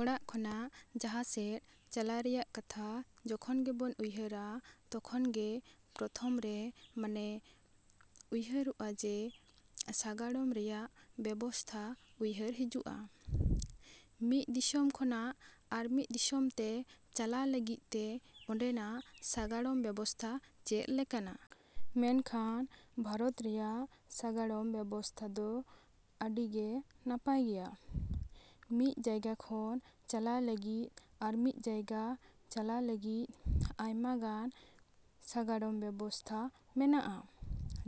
ᱚᱲᱟᱜ ᱠᱷᱚᱱᱟᱜ ᱡᱟᱦᱟᱸ ᱥᱮᱫ ᱪᱟᱞᱟᱜ ᱨᱮᱭᱟᱜ ᱠᱟᱛᱷᱟ ᱡᱚᱠᱷᱚᱱ ᱜᱮᱵᱚᱱ ᱩᱭᱦᱟᱹᱨᱟ, ᱛᱚᱠᱷᱚᱱ ᱜᱮ ᱯᱨᱚᱛᱷᱚᱢ ᱨᱮ ᱢᱚᱱᱮ ᱩᱭᱦᱟᱹᱨᱚᱜᱼᱟ ᱡᱮ ᱥᱟᱜᱟᱲᱚᱢ ᱨᱮᱭᱟᱜ ᱵᱮᱵᱚᱥᱛᱷᱟ ᱩᱭᱦᱟᱹᱨ ᱦᱤᱡᱩᱜᱼᱟ᱾ ᱢᱤᱫ ᱫᱤᱥᱚᱢ ᱠᱷᱚᱱᱟᱜ ᱟᱨ ᱢᱤᱫ ᱫᱤᱥᱚᱢ ᱛᱮ ᱪᱟᱞᱟᱜ ᱞᱟᱹᱜᱤᱫ ᱛᱮ ᱚᱸᱰᱮᱱᱟᱜ ᱥᱟᱜᱟᱲᱚᱢ ᱵᱮᱵᱚᱥᱛᱷᱟ ᱪᱮᱫ ᱞᱮᱠᱟᱱᱟ? ᱢᱮᱱᱠᱷᱟᱱ ᱵᱷᱟᱨᱚᱛ ᱨᱮᱭᱟᱜ ᱥᱟᱜᱟᱲᱚᱢ ᱵᱮᱵᱚᱥᱛᱷᱟ ᱫᱚ ᱟᱹᱰᱤ ᱜᱮ ᱱᱟᱯᱟᱭ ᱜᱮᱭᱟ᱾ ᱢᱤᱫ ᱡᱟᱭᱜᱟ ᱠᱷᱚᱱ ᱪᱟᱞᱟᱜ ᱞᱟᱹᱜᱤᱫ ᱟᱨ ᱢᱤᱫ ᱡᱟᱭᱜᱟ ᱪᱟᱞᱟᱜ ᱞᱟᱹᱜᱤᱫ ᱟᱭᱢᱟ ᱜᱟᱱ ᱥᱟᱜᱟᱲᱚᱢ ᱵᱮᱵᱚᱥᱛᱷᱟ ᱢᱮᱱᱟᱜᱼᱟ᱾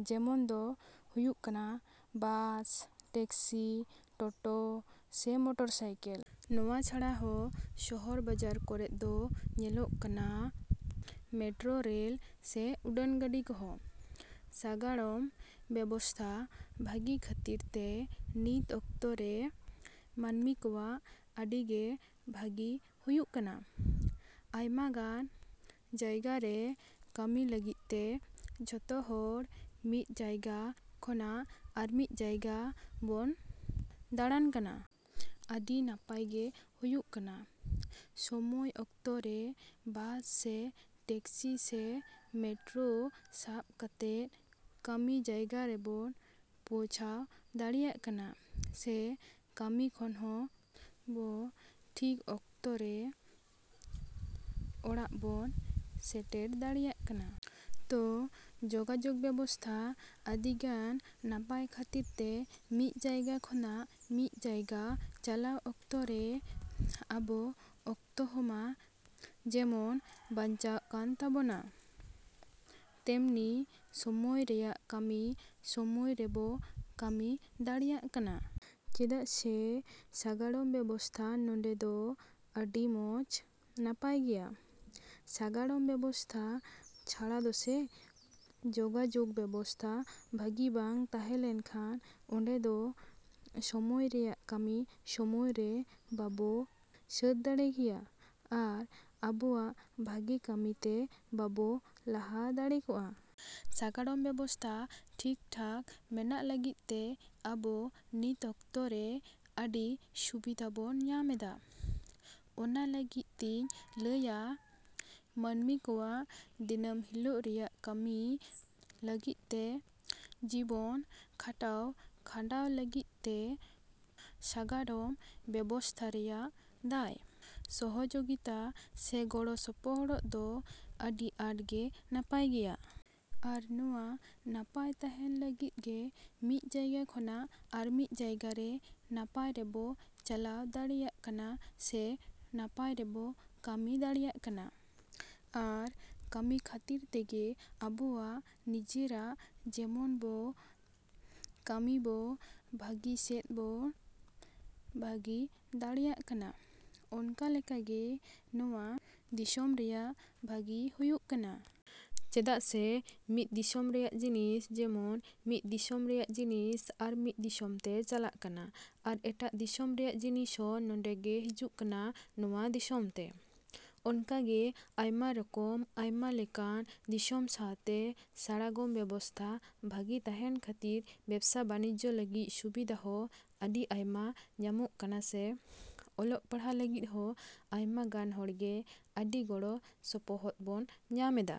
ᱡᱮᱢᱚᱱ ᱫᱚ ᱦᱩᱭᱩᱜ ᱠᱟᱱᱟ ᱵᱟᱥ, ᱴᱮᱠᱥᱤ, ᱴᱚᱴᱚ ᱥᱮ ᱢᱚᱴᱚᱨᱵᱟᱭᱤᱠ᱾ ᱱᱤᱭᱟᱹ ᱪᱷᱟᱲᱟ ᱦᱚᱸ ᱥᱚᱦᱚᱨ ᱵᱟᱡᱟᱨ ᱨᱮ ᱫᱚ ᱧᱮᱞᱚᱜᱚᱜ ᱠᱟᱱᱟ ᱢᱮᱴᱨᱚ ᱴᱨᱮᱱ ᱥᱮ ᱩᱰᱟᱹᱱ ᱜᱟᱹᱰᱤ ᱠᱚᱦᱚᱸ᱾ ᱥᱟᱜᱟᱲᱚᱢ ᱵᱮᱵᱚᱥᱛᱷᱟ ᱵᱷᱟᱹᱜᱤ ᱠᱷᱟᱹᱛᱤᱨ ᱛᱮ ᱱᱤᱛ ᱚᱠᱛᱚ ᱨᱮ ᱢᱟᱹᱱᱢᱤ ᱠᱚᱣᱟᱜ ᱟᱹᱰᱤ ᱜᱮ ᱵᱷᱟᱜᱮ ᱦᱩᱭᱩᱜ ᱠᱟᱱᱟ᱾ ᱟᱭᱢᱟ ᱜᱟᱱ ᱡᱟᱭᱜᱟ ᱨᱮ ᱠᱟᱹᱢᱤ ᱞᱟᱹᱜᱤᱫ ᱛᱮ ᱡᱷᱚᱛᱚ ᱦᱚᱲ ᱢᱤᱫ ᱡᱟᱭᱜᱟ ᱠᱷᱚᱱᱟᱜ ᱟᱨ ᱢᱤᱫ ᱡᱟᱭᱜᱟ ᱵᱚᱱ ᱫᱟᱲᱟᱱ ᱠᱟᱱᱟ᱾ ᱟᱹᱰᱤ ᱜᱮ ᱱᱟᱯᱟᱭ ᱦᱩᱭᱩᱜ ᱠᱟᱱᱟ ᱥᱚᱢᱚᱭ ᱚᱠᱛᱚ ᱨᱮ ᱵᱟᱥ ᱥᱮ ᱴᱮᱠᱥᱤ ᱥᱮ ᱢᱮᱴᱨᱚ ᱥᱟᱵ ᱠᱟᱛᱮᱫ ᱠᱟᱹᱢᱤ ᱡᱟᱭᱜᱟ ᱨᱮᱵᱚ ᱯᱚᱪᱷᱟᱣ ᱫᱟᱲᱮᱭᱟᱜ ᱠᱟᱱᱟ ᱥᱮ ᱠᱟᱹᱢᱤ ᱠᱷᱚᱱ ᱦᱚᱸ ᱵᱚ ᱴᱷᱤᱠ ᱚᱠᱛᱚ ᱨᱮ ᱚᱲᱟᱜ ᱵᱚᱱ ᱥᱮᱴᱮᱨ ᱫᱟᱲᱮᱭᱟᱜ ᱠᱟᱱᱟ᱾ ᱛᱚ ᱡᱚᱜᱟᱡᱚᱜᱽ ᱵᱮᱵᱚᱥᱛᱷᱟ ᱟᱹᱰᱤ ᱜᱟᱱ ᱱᱟᱯᱟᱭ ᱠᱷᱟᱹᱛᱤᱨ ᱛᱮ ᱢᱤᱫ ᱡᱟᱭᱜᱟ ᱠᱷᱚᱱᱟᱜ ᱢᱤᱫ ᱡᱟᱭᱜᱟ ᱪᱟᱞᱟᱣ ᱚᱠᱛᱚ ᱨᱮ ᱟᱵᱚ ᱚᱠᱛᱚ ᱦᱚᱸ ᱢᱟ ᱡᱮᱢᱚᱱ ᱵᱟᱪᱞᱟᱜ ᱠᱟᱱ ᱛᱟᱵᱚᱱᱟ ᱛᱮᱢᱱᱤ ᱥᱚᱢᱚᱭ ᱨᱮᱭᱟᱜ ᱠᱟᱹᱢᱤ ᱥᱚᱢᱚᱭ ᱨᱮᱵᱚ ᱠᱟᱹᱢᱤ ᱫᱟᱲᱮᱭᱟᱜ ᱠᱟᱱᱟ᱾ ᱪᱮᱫᱟᱜ ᱥᱮ ᱥᱟᱜᱟᱲᱚᱢ ᱵᱮᱵᱚᱥᱛᱷᱟ ᱱᱚᱰᱮ ᱫᱚ ᱟᱹᱰᱤ ᱢᱚᱸᱡᱽ ᱱᱟᱯᱟᱭ ᱜᱮᱭᱟ᱾ ᱥᱟᱜᱟᱲᱚᱢ ᱵᱮᱵᱚᱥᱛᱷᱟ ᱪᱷᱟᱲᱟ ᱫᱚ ᱥᱮ ᱡᱚᱜᱟᱡᱚᱜᱽ ᱵᱮᱵᱚᱥᱛᱷᱟ ᱵᱷᱟᱹᱜᱤ ᱵᱟᱝ ᱛᱟᱦᱮᱸ ᱞᱮᱱ ᱠᱷᱟᱱ ᱟᱵᱚ ᱫᱚ ᱥᱚᱢᱚᱭ ᱨᱮᱭᱟᱜ ᱠᱟᱹᱢᱤ ᱥᱚᱢᱚᱭ ᱨᱮ ᱵᱟᱵᱚ ᱥᱟᱹᱛ ᱫᱟᱲᱮ ᱠᱮᱭᱟ ᱟᱨ ᱟᱵᱚᱣᱟᱜ ᱵᱷᱟᱹᱜᱤ ᱞᱟᱹᱜᱤᱫ ᱛᱮ ᱵᱟᱵᱚ ᱞᱟᱦᱟ ᱫᱟᱲᱮ ᱠᱚᱜᱼᱟ᱾ ᱥᱟᱜᱟᱲᱚᱢ ᱵᱮᱵᱚᱥᱛᱷᱟ ᱴᱷᱤᱠ ᱴᱷᱟᱠ ᱢᱮᱱᱟᱜ ᱞᱟᱹᱜᱤᱫ ᱛᱮ ᱟᱹᱵᱚ ᱱᱤᱛ ᱚᱠᱛᱚ ᱨᱮ ᱟᱹᱰᱤ ᱥᱩᱵᱤᱫᱷᱟ ᱵᱚᱱ ᱧᱟᱢ ᱮᱫᱟ᱾ ᱚᱱᱟ ᱞᱟᱹᱜᱤᱫ ᱛᱤᱧ ᱞᱟᱹᱭᱟ ᱢᱟᱹᱱᱢᱤ ᱠᱚᱣᱟᱜ ᱫᱤᱱᱟᱹᱢ ᱦᱤᱞᱚᱜ ᱨᱮᱭᱟᱜ ᱠᱟᱹᱢᱤ ᱞᱟᱹᱜᱤᱫ ᱛᱮ, ᱡᱤᱵᱚᱱ ᱠᱷᱟᱴᱟᱣ ᱠᱷᱟᱸᱰᱟᱣ ᱞᱟᱹᱜᱤᱫ ᱛᱮ ᱥᱟᱜᱟᱲᱚᱢ ᱵᱮᱵᱚᱥᱛᱷᱟ ᱨᱮᱭᱟᱜ ᱫᱟᱭ, ᱥᱚᱦᱚᱡᱚᱜᱤᱛᱟ ᱥᱮ ᱜᱚᱲᱚ ᱥᱚᱯᱚᱦᱚᱫ ᱫᱚ ᱟᱹᱰᱤ ᱟᱴ ᱜᱮ ᱱᱟᱯᱟᱭ ᱜᱮᱭᱟ᱾ ᱟᱨ ᱱᱚᱶᱟ ᱱᱟᱯᱟᱭ ᱛᱟᱦᱮᱱ ᱠᱷᱟᱹᱛᱤᱨ ᱜᱮ ᱢᱤᱫ ᱡᱟᱭᱜᱟ ᱠᱷᱚᱱᱟᱜ ᱟᱨ ᱢᱤᱫ ᱡᱟᱭᱜᱟ ᱨᱮ ᱥᱚᱢᱚᱭ ᱨᱮᱵᱚ ᱪᱟᱞᱟᱣ ᱫᱟᱲᱮᱭᱟᱜ ᱠᱟᱱᱟ ᱥᱮ ᱥᱚᱢᱚᱭ ᱨᱮᱵᱚ ᱠᱟᱹᱢᱤ ᱫᱟᱲᱮᱭᱟᱜ ᱠᱟᱱᱟ᱾ ᱟᱨ ᱠᱟᱹᱢᱤ ᱠᱷᱟᱹᱛᱤᱨ ᱛᱮᱜᱮ ᱟᱵᱚᱣᱟᱜ ᱱᱤᱡᱮᱨᱟᱜ ᱡᱮᱢᱚᱱ ᱵᱚ ᱠᱟᱹᱢᱤ ᱵᱚ ᱵᱷᱟᱹᱜᱤ ᱥᱮᱫ ᱵᱚ ᱵᱷᱟᱹᱜᱤ ᱫᱟᱲᱮᱭᱟᱜ ᱠᱟᱱᱟ, ᱚᱱᱠᱟ ᱞᱮᱠᱟ ᱜᱮ ᱱᱚᱶᱟ ᱫᱤᱥᱚᱢ ᱨᱮᱭᱟᱜ ᱵᱷᱟᱹᱜᱤ ᱦᱩᱭᱩᱜ ᱠᱟᱱᱟ᱾ ᱪᱮᱫᱟᱜ ᱥᱮ ᱢᱤᱫ ᱫᱤᱥᱚᱢ ᱨᱮᱭᱟᱜ ᱡᱤᱱᱤᱥ ᱡᱮᱢᱚᱱ ᱢᱤᱫ ᱫᱤᱥᱚᱢ ᱨᱮᱱᱟᱜ ᱡᱤᱱᱤᱥ ᱟᱨ ᱢᱤᱫ ᱫᱤᱥᱚᱢ ᱛᱮ ᱪᱟᱞᱟᱜ ᱠᱟᱱᱟ ᱟᱨ ᱮᱴᱟᱜ ᱫᱤᱥᱚᱢ ᱨᱮᱭᱟᱜ ᱡᱤᱱᱤᱥ ᱦᱚᱸ ᱱᱚᱰᱮ ᱜᱮ ᱦᱤᱡᱩᱜ ᱠᱟᱱᱟ ᱱᱚᱶᱟ ᱫᱤᱥᱚᱢ ᱛᱮ᱾ ᱚᱱᱠᱟ ᱜᱮ ᱟᱭᱢᱟ ᱨᱚᱠᱚᱢ, ᱟᱭᱢᱟ ᱞᱮᱠᱟᱱ ᱫᱤᱥᱚᱢ ᱥᱟᱶᱛᱮ ᱥᱟᱜᱟᱲᱚᱢ ᱵᱮᱵᱚᱥᱛᱷᱟ ᱵᱷᱟᱹᱜᱤ ᱛᱟᱦᱮᱱ ᱠᱷᱟᱹᱛᱤᱨ ᱵᱮᱵᱽᱥᱟ ᱵᱟᱹᱱᱤᱡᱡᱚ ᱞᱟᱹᱜᱤᱫ ᱥᱩᱵᱤᱫᱷᱟ ᱦᱚᱸ ᱟᱹᱰᱤ ᱟᱭᱢᱟ ᱜᱟᱱ ᱜᱮ ᱧᱟᱢᱚᱜ ᱠᱟᱱᱟ ᱥᱮ ᱚᱞᱚᱜ ᱯᱟᱲᱦᱟᱜ ᱞᱟᱹᱜᱤᱫ ᱦᱚᱸ ᱟᱭᱢᱟ ᱜᱟᱱ ᱦᱚᱲ ᱜᱮ ᱟᱹᱰᱤ ᱜᱚᱲᱚ ᱥᱚᱯᱚᱦᱚᱫ ᱵᱚᱱ ᱧᱟᱢ ᱮᱫᱟ᱾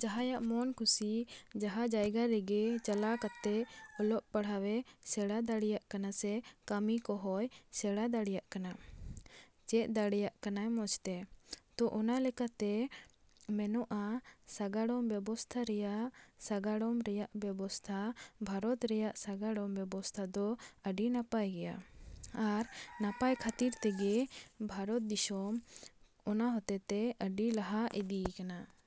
ᱡᱟᱦᱟᱸᱭᱟᱜ ᱢᱚᱱ ᱠᱷᱩᱥᱤ ᱡᱟᱦᱟᱸ ᱡᱟᱭᱜᱟ ᱨᱮᱜᱮ ᱪᱟᱞᱟᱣ ᱠᱟᱛᱮᱫ ᱚᱞᱚᱜ ᱯᱟᱲᱦᱟᱣ ᱮ ᱥᱮᱬᱟ ᱫᱟᱲᱮᱭᱟᱜ ᱠᱟᱱᱟ ᱥᱮ ᱠᱟᱹᱢᱤ ᱠᱚᱦᱚᱸᱭ ᱥᱮᱬᱟ ᱫᱟᱲᱮᱭᱟᱜ ᱠᱟᱱᱟ, ᱪᱮᱫ ᱫᱟᱲᱮᱭᱟᱜ ᱠᱟᱱᱟᱭ ᱢᱚᱸᱡᱽ ᱛᱮ᱾ ᱛᱚ ᱚᱱᱟ ᱞᱮᱠᱟ ᱛᱮ ᱢᱮᱱᱟᱜᱼᱟ ᱥᱟᱜᱟᱲᱚᱢ ᱵᱮᱵᱚᱥᱛᱷᱟ ᱨᱮᱭᱟᱜ ᱥᱟᱜᱟᱲᱚᱢ ᱨᱮᱭᱟᱜ ᱵᱮᱵᱚᱥᱛᱷᱟ ᱵᱷᱟᱨᱚᱛ ᱨᱮᱭᱟᱜ ᱥᱟᱜᱟᱲᱚᱢ ᱵᱮᱵᱚᱥᱛᱷᱟ ᱫᱚ ᱟᱹᱰᱤ ᱱᱟᱯᱟᱭ ᱜᱮᱭᱟ ᱟᱨ ᱱᱟᱯᱟᱭ ᱠᱷᱟᱹᱛᱤᱨ ᱛᱮᱜᱮ ᱵᱷᱟᱨᱚᱛ ᱫᱤᱥᱚᱢ ᱚᱱᱟ ᱦᱚᱛᱮᱛᱮ ᱟᱹᱰᱤ ᱞᱟᱦᱟ ᱤᱫᱤᱜ ᱠᱟᱱᱟ᱾